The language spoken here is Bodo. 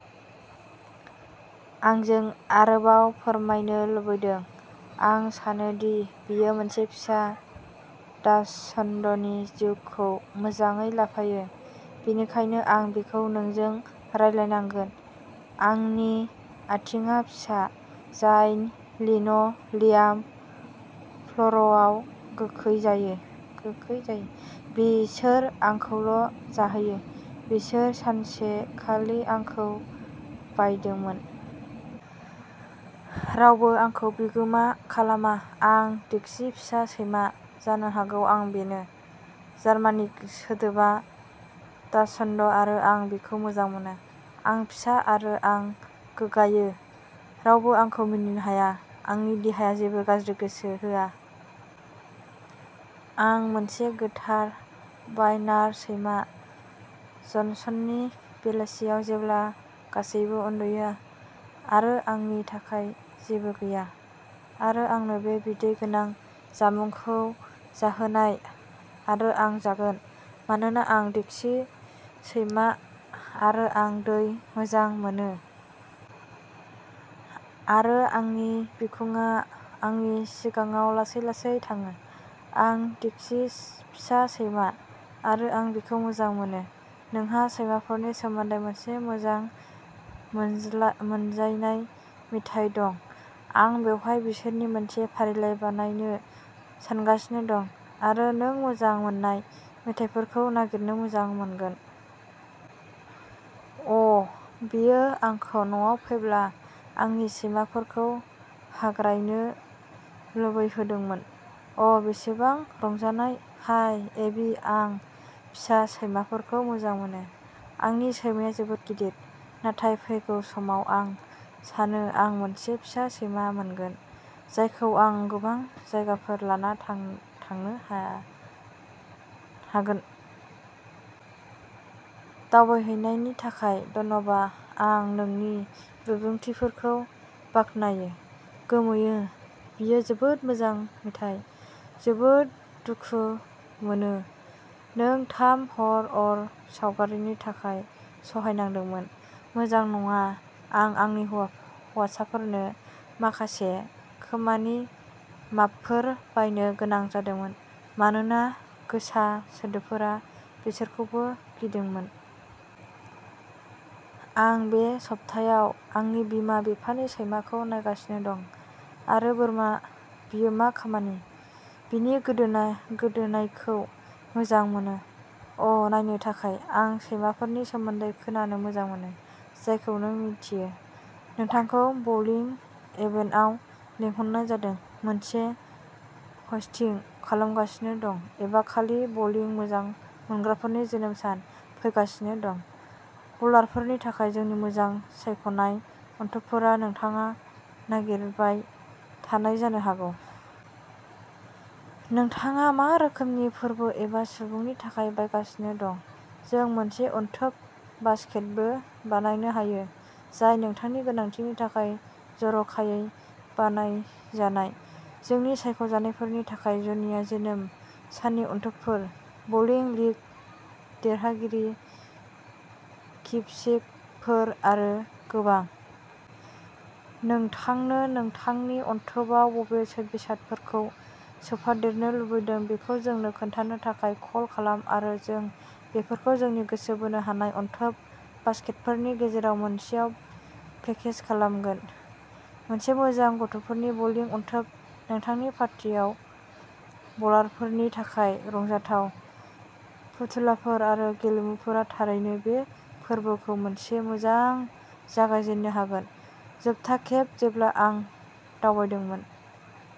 आंजों आरोबाव फोरमायनो लुबैदों। आं सानो दि बेयो मोनसे फिसा डाचशन्डनि जिउखौ मोजाङै लाफायो। बेनिखायनो आं बेखौ नोंजों रानलायनांगोन। आंनि आथिंआ फिसा, जाय लिन' लियाम फ्ल'रआव गोखै गोखै जायो। बिसोर आंखौल' जाहैयो। बिसोर सानसे खालि आंखौ बायदोंमोन। रावबो आंखौ बिगोमा खालामा। आं डिक्सी फिसा सैमा। जानो हागौ आं बेनो। जार्मानिक सोदोबा डाचशन्ड आरो आं बेखौ मोजां मोनो। आं फिसा आरो आं गोग्गायो, रावबो आंखौ मिनिनो हाया। आंनि देहाया जेबो गाज्रि गोसो होआ। आं मोनसे गोथार वाइनार सैमा। जनसननि बेलासियाव जेब्ला गासैबो उन्दुयो। आरो आंनि थाखाय जेबो गैया। आरो आंनो बे बिदै गोनां जामुंखौ जाहोनाय आरो आं जागोन। मानोना आं डिक्सी सैमा आरो आं दै मोजां मोनो। आरो आंनि बिखुंआ आंनि सिगाङाव लासै लासै थाङो। आं डिक्सी फिसा सैमा आरो आं बेखौ मोजां मोनो। नोंहा सैमाफोरनि सोमोन्दै मोनसे मोजां मोनज्ला मोनजानाय मेथाइ दं? आं बेवहाय बिसोरनि मोनसे फारिलाइ बानायनो सानगासिनो दं आरो नों मोजां मोन्नाय मेथाइफोरखौ नागिरनो मोजां मोनगोन। अ बेयो आंखौ नआव फैब्ला आंनि सैमाफोरखौ हाग्रायनो लुबैहोदोंमोन। अ बेसेबां रंजानाय हाय एबि आं फिसा सैमाफोरखौ मोजां मोनो। आंनि सैमाया जोबोद गिदिर नाथाय फैगौ समाव आं सानो आं मोनसे फिसा सैमा मोनगोन जायखौ आं गोबां जायगाफोर लाना थां थांनो हा हागोन। दावबायहैनायनि थाखाय धन्यबा। आं नोंनि बिबुंथिफोरखौ बाख्नायो गोमोयो। बेयो जोबोद मोजां मेथाइ जोबोद दुखु मोनो नों थाम हर अर सावगारिनि थाखाय सहायनांदोंमोन मोजां नङा। आं आंनि हौवा हौवासाफोरनो माखासे खोमानि माफफोर बायनो गोनां जादोंमोन मानोना गोसा सोदोबफोरा बिसोरखौबो गिदोंमोन। आं बे सप्तायाव आंनि बिमा बिफानि सैमाखौ नायगासिनो दं आरो बोरमा बेयो मा खामानि बिनि गोदोना गोदोनायखौ मोजां मोनो। अ नायनो थाखाय आं सैमाफोरनि सोमोन्दै खोनानो मोजां मोनो जायखौ नों मिन्थियो। नोंथांखौ बलिं इभेन्टआव लिंहरनाय जादों मोनसे हस्टिं खालामगासिनो दं एबा खालि बलिं मोजां मोनग्राफोरनि जोनोम सान फैगासिनो दं बलारफोरनि थाखाय जोंनि मोजां सायख'नाय अनथोबफोरा नोंथाङा नागिरबाय थानाय जानो हागौ। नोंथाङा मा रोखोमनि फोरबो एबा सुबुंनि थाखाय बायगासिनो दं जों मोनसे अनथोब बास्केटबो बानायनो हायो जाय नोंथांनि गोनांथिनि थाखाय जर'खायै बानायजानाय जोंनि सायख'नायफोरनि थाखाय जुनिया जोनोम साननि अनथोबफोर बलिं लीग देरहागिरि किपसेकफोर आरो गोबां। नोंथांनो नोंथांनि अनथोबआव बबे बेसादफोरखौ सोफादेरनो लुबैदों बेखौ जोंनो खोन्थानो थाखाय कल खालाम आरो जों बेफोरखौ जोंनि गोसो बोनो हानाय अनथोब बास्केटफोरनि गेजेराव मोनसेआव पेकेज खालामगोन। मोनसे मोजां गथ'फोरनि बलिं अनथोब नोंथांनि पार्टियाव बलारफोरनि थाखाय रंजाथाव फुथुलाफोर आरो गेलेमुफोरा थारैनो बे फोरबोखौ मोनसे मोजां जागायजेन्नो हागोन। जोबथा खेब जेब्ला आं दावबायदोंमोन।